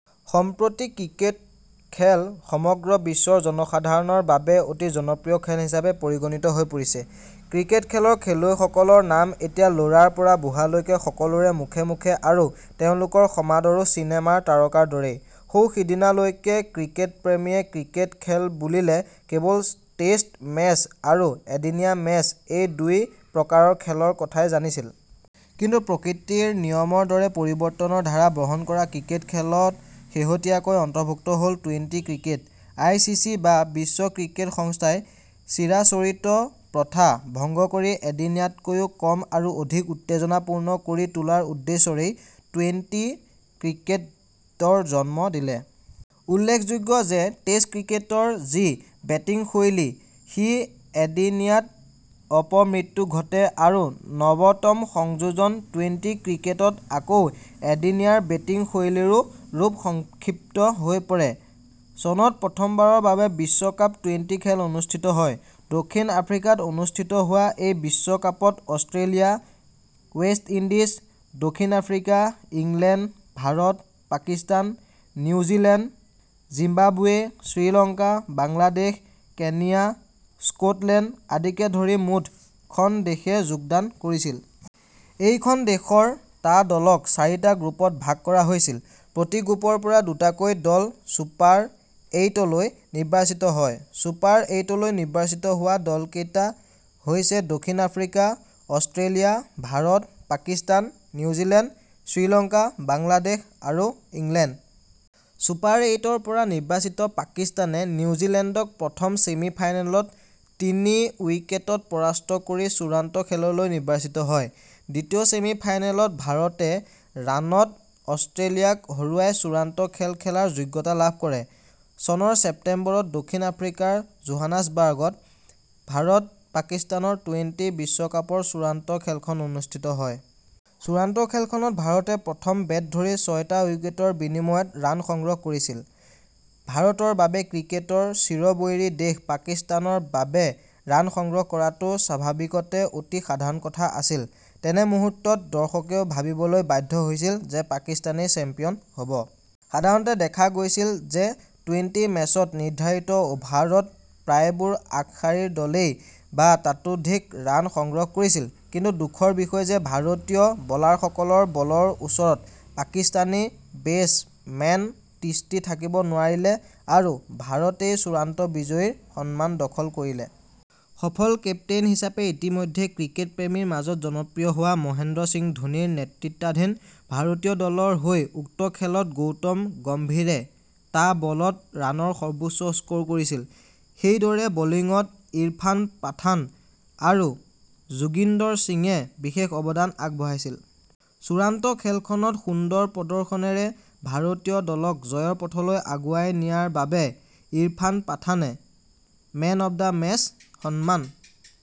সম্প্ৰতি ক্ৰিকেট খেল সমগ্ৰ বিশ্বৰ জনসাধাৰণৰ বাবে অতি জনপ্ৰিয় খেল হিচাপে পৰিগণিত হৈ পৰিছে। ক্ৰিকেটখেলৰ খেলুৱৈসকলৰ নাম এতিয়া ল'ৰাৰ পৰা বুঢ়ালৈকে সকলোৰে মুখে মুখে আৰু তেওঁলোকৰ সমাদৰো চিনেমাৰ তাৰকাৰে দৰেই। সৌ সিদিনালৈকে ক্ৰিকেটপ্ৰেমীয়ে ক্ৰিকেট খেল বুলিলে কেৱল টেষ্ট মেচ আৰু এদিনীয়া মেচ- এই দুই প্ৰকাৰৰ খেলৰ কথাই জানিছিল। কিন্তু প্ৰকৃতিৰ নিয়মৰ দৰে পৰিৱৰ্তনৰ ধাৰা বহন কৰা ক্ৰিকেট খেলত শেহতীয়াকৈ অন্তৰ্ভুক্ত হ'ল twenty- cricket. I C C বা বিশ্ব ক্ৰিকেট সংস্থাই চিৰাচৰিত প্ৰথা ভংগ কৰি এদিনীয়াতকৈও কম আৰু অধিক উত্তেজনাপূৰ্ণ কৰি তোলাৰ উদ্দেশ্যৰেই টুৱেণ্টী- ক্ৰিকেটৰ জন্ম দিলে। উল্লেখযোগ্য যে টেষ্ট ক্ৰিকেটৰ যি বেটিং শৈলী, সি এদিনীয়াত অপমৃত্যু ঘটে আৰু নৱতম সংযোজন টুৱেণ্টী ক্ৰিকেটত আকৌ এদিনীয়াৰ বেটিং শৈলীৰো ৰূপ সংক্ষিপ্ত হৈ পৰে। চনত প্ৰথমবাৰৰ বাবে বিশ্বকাপ টুৱেণ্টী- খেল অনুষ্ঠিত হয়। দক্ষিণ আফ্ৰিকাত অনুষ্ঠিত হোৱা এই বিশ্বকাপত অষ্ট্ৰেলিয়া, ৱেষ্ট ইণ্ডিজ, দক্ষিণ Africa, England, Bharat, Pakistan, New Zealand, Zimbabwe, Sri Lanka, Bangladesh, Kenya, Scotland আদিকে ধৰি মুঠ খন দেশে যোগদান কৰিছিল। এই খন দেশৰ টা দলক চাৰিটা গ্ৰুপত ভাগ কৰা হৈছিল। প্ৰতি গ্ৰুপৰ পৰা দুটাকৈ দল ছুপাৰ এইটলৈ নিৰ্বাচিত হয় ৷ ছুপাৰ এইটলৈ নিৰ্বাচিত হোৱা দলকেইটা হৈছে দক্ষিণ Africa, Australia, Bharat, Pakistan, New Zealand, Sri Lanka, Bangladesh আৰু ইংলেণ্ড। ছুপাৰ এইটৰ পৰা নিৰ্বাচিত পাকিস্তানে নিউজিলেণ্ডক প্ৰথম চেমি ফাইনেলত তিনি উইকেটত পৰাস্ত কৰি চূড়ান্ত খেললৈ নিৰ্বাচিত হয়। দ্বিতীয় চেমি ফাইনেলত ভাৰতে ৰানত অস্ট্ৰেলিয়াক হৰুৱাই চূড়ান্ত খেল খেলাৰ যোগ্যতা লাভ কৰে। চনৰ ছেপ্টেম্বৰত দক্ষিণ আফ্ৰিকাৰ জোহান্সবাৰ্গত ভাৰত-পাকিস্তানৰ টুৱেণ্টী- বিশ্বকাপৰ চূড়ান্ত খেলখন অনুষ্ঠিত হয়। চূড়ান্ত খেলখনত ভাৰতে প্ৰথমে বেট ধৰি ছয় উইকেটৰ বিনিময়ত ৰাণ সংগ্ৰহ কৰিছিল৷ ভাৰতৰ বাবে ক্ৰিকেটৰ চিৰবৈৰী দেশ পাকিস্তানৰ বাবে ৰাণ সংগ্ৰহ কৰাটো স্বাভাৱিকতে অতি সাধাৰণ কথা আছিল। তেনে মুহূৰ্তত দৰ্শকেও ভাবিবলৈ বাধ্য হৈছিল যে পাকিস্তানেই চেম্পিয়ন হ'ব। সাধাৰণতে দেখা গৈছিল যে টুৱেণ্টী- মেচত নিৰ্ধাৰিত অভাৰত প্ৰায়বোৰ আগশাৰীৰ দলেই বা ততোধিক ৰাণ সংগ্ৰহ কৰিছিল। কিন্তু সুখৰ বিষয় যে ভাৰতীয় বলাৰসকলৰ বলৰ ওচৰত পাকিস্তানী বেছ মেন তিষ্ঠি থাকিব নোৱাৰিলে আৰু ভাৰতেই চূড়ান্ত বিজয়ীৰ সম্মান দখল কৰিলে। সফল কেপ্তেইন হিচাপে ইতিমধ্যে ক্ৰিকেটপ্ৰেমীৰ মাজত জনপ্ৰিয় হোৱা মহেন্দ্ৰ সিং ধোনীৰ নেতৃত্বাধীন ভাৰতীয় দলৰ হৈ উক্ত খেলত গৌতম গম্ভীৰে টা বলত ৰাণৰ সৰ্বোচ্চ স্ক'ৰ কৰিছিল। সেইদৰে বলিঙত ইৰফান পাঠান আৰু যোগিন্দৰ সিঙে বিশেষ অৱদান আগবঢ়াইছিল। চূড়ান্ত খেলখনত সুন্দৰ প্ৰদৰ্শনেৰে ভাৰতীয় দলক জয়ৰ পথলৈ আগুৱাই নিয়াৰ বাবে ইৰফান পাঠানে 'মেন অৱ দ্য মেচ' সন্মান